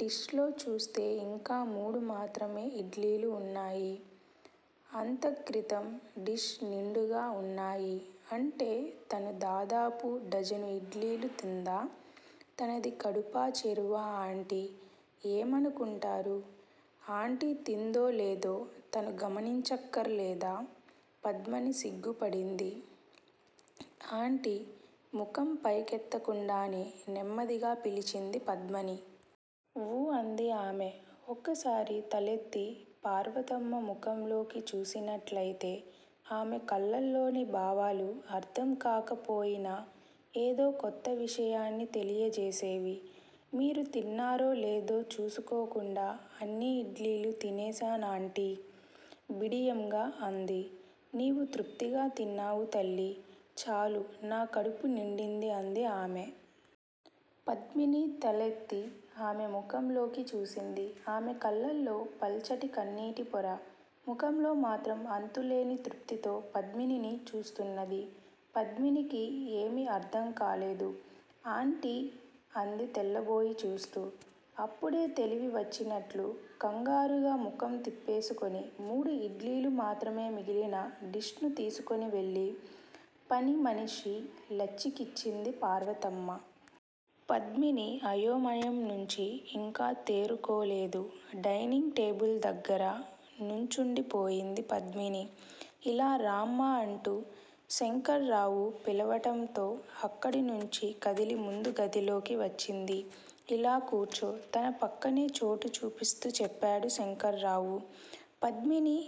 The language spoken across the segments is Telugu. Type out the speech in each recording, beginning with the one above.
డిష్ లో చూస్తే యింక మూడు మాత్రమే ఇడ్లీలు వున్నాయి. అంతక్రితం డిష్ నిండుగా ఉన్నాయి. అంటే తను దాదాపు డజను ఇడ్లీలు తిందా! తనది కడుపా చెరువా ఆంటీ ఏమనుకుంటారు! ఆంటీ తిందో లేదో తను గమనించక్కరలేదా? పద్మిని సిగ్గుపడింది. ఆంటీ! ముఖం పైకెత్తకుండానే నెమ్మదిగా పిలిచింది పద్మిని. ఊ అంది ఆమె. ఒక్కసారి తలెత్తి పార్వతమ్మ ముఖంలోకి చూసినట్లయితే ఆమె కళ్ళల్లోని భావాలు అర్ధంకాకపోయినా ఏదో కొత్త విషయాన్ని తెలియజేసేవి. మీరు తిన్నారో లేదో చూసుకోకుండా అన్ని ఇడ్లీలు తినేశానాంటీ! బిడియంగా అంది. నీవు తృప్తిగా తిన్నావు తల్లీ! చాలు నా కడుపు నిండింది అంది ఆమె. పద్మిని తలయెత్తి ఆమె ముఖంలోకి చూసింది. ఆమె కళ్ళల్లో పల్చటి కన్నీటి పొర. ముఖంలో మాత్రం అంతులేని తృప్తితో పద్మినిని చూస్తున్నది. పద్మినికి ఏమీ అర్ధంకాలేదు ఆంటీ! అంది తెల్లబోయి చూస్తూ. అప్పుడే తెలివి వచ్చినట్లు కంగారుగా ముఖం తిప్పేసుకొని మూడు ఇడ్లీలు మాత్రమే మిగిలిన డిష్ ను తీసుకొని వెళ్ళి పనిమనిషి లచ్చికిచ్చింది పార్వతమ్మ. పద్మిని అయోమయంనుంచి ఇంకా తేరుకోలేదు. డైనింగ్ టేబుల్ దగ్గర నుంచుండిపోయింది పద్మినీ! ఇలా రామ్మా అంటూ శంకర్రావు పిలవటంతో అక్కడనుంచి కదిలి ముందు గదిలోకి వచ్చింది. ఇలా కూర్చో! తన పక్కనే చోటు చూపిస్తూ చెప్పాడు శంకర్రావు. పద్మిని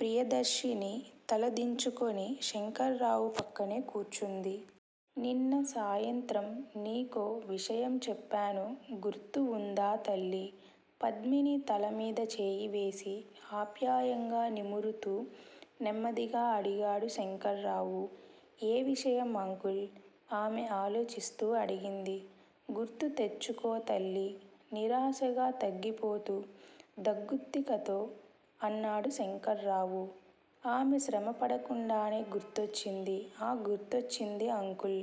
ప్రియదర్శిని తల దించుకొని శంకర్రావు పక్కనే కూర్చుంది. నిన్న సాయంత్రం నీకో విషయం చెప్పాను గుర్తువుందా తల్లీ! పద్మిని తలమీద చేయివేసి ఆప్యాయంగా నిమురుతూ నెమ్మదిగా అడిగాడు శంకర్రావు. ఏ విషయం అంకుల్! ఆమె ఆలోచిస్తూ అడిగింది. గుర్తు తెచ్చుకో తల్లీ! నిరాశగా తగ్గిపోతూ దగ్గుత్తికతో అన్నాడు శంకర్రావు. ఆమె శ్రమపడకుండానే గుర్తొచ్చింది. ఆ గుర్తొచ్చింది అంకుల్!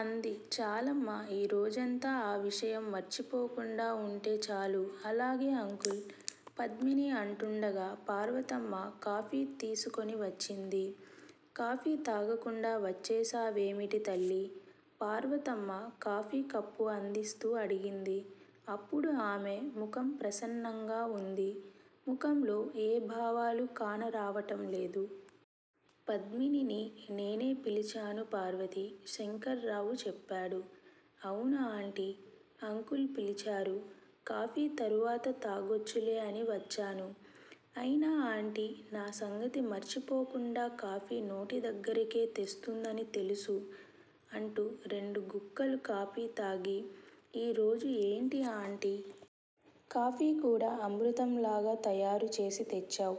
అంది. చాలమ్మా ఈ రోజంతా ఆ విషయం మరచిపోకుండా వుంటే చాలు అలాగే అంకుల్! పద్మిని అంటుండగా పార్వతమ్మ కాఫీ తీసుకొని వచ్చింది. కాఫీ తాగకుండా వచ్చేశావేమిటి తల్లీ! పార్వతమ్మ కాఫీ కప్పు అందిస్తూ అడిగింది. అప్పుడు ఆమె ముఖం ప్రసన్నంగా వుంది. ముఖంలో ఏ భావాలూ కానరావటం లేదు. పద్మినిని నేనే పిలిచాను పార్వతీ! శంకర్రావు చెప్పాడు. అవును ఆంటీ! అంకుల్ పిలిచారు. కాఫీ తర్వాత తాగొచ్చులే అని వచ్చాను. అయినా ఆంటీ నా సంగతి మరచిపోకుండా కాఫీ నోటిదగ్గరకే తెస్తుందని తెలుసు అంటూ రెండు గుక్కలు కాఫీ తాగి ఈ రోజు ఏంటి ఆంటీ! కాఫీ కూడా అమృతంలాగా తయారుచేసి తెచ్చావ్!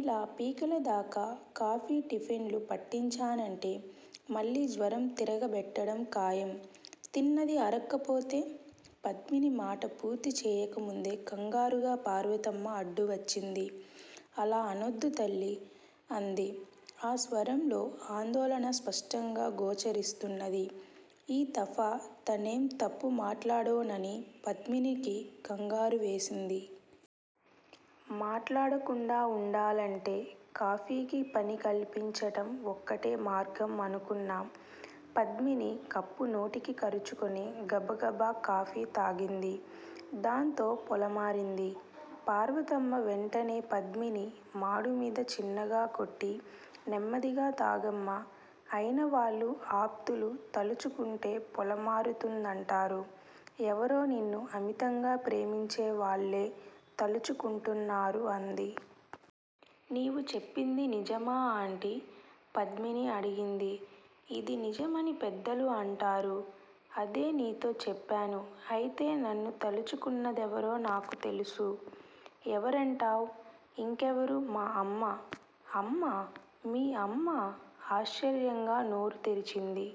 ఇలా పీకలదాకా కాఫీ టిఫెన్ లు పట్టించానంటే మళ్ళీ జ్వరం తిరగబెట్టడం ఖాయం తిన్నది అరక్కపోతే పద్మిని మాట పూర్తిచేయకముందే కంగారుగా పార్వతమ్మ అడ్డువచ్చింది. అలా అనొద్దు తల్లీ అంది ఆ స్వరంలో ఆందోళన స్పష్టంగా గోచరిస్తున్నది. ఈ తఫా తనేం తప్పుమాట్లాడోనని పద్మినికి కంగారు వేసింది. మాట్లాడకుండా వుండాలంటే కాఫీకి పని కల్పించటం వక్కటే మార్గం అనుకున్న పద్మిని కప్పు నోటికి కరచుకుని గబగబా కాఫీ తాగింది. దాంతో పొలమారింది. పార్వతమ్మ వెంటనే పద్మిని మాడుమీద చిన్నగకొట్టి నెమ్మదిగా తాగమ్మా! అయినవాళ్ళు ఆప్తులు తలుచుకుంటే పొలమారుతుందంటారు. ఎవరో నిన్ను అమితంగా ప్రేమించేవాళ్లే తలుచుకుంటున్నారు అంది. నీవు చెప్పింది నిజమా ఆంటీ? పద్మిని అడిగింది. ఇది నిజమని పెద్దలు అంటారు. అదే నీతో చెప్పాను అయితే నన్ను తలుచుకున్నదెవరో నాకు తెలుసు? ఎవరంటావ్? ఇంకెవరు మా అమ్మ! అమ్మ, మీ అమ్మ? ఆశ్చర్యంగా నోరు తెరిచింది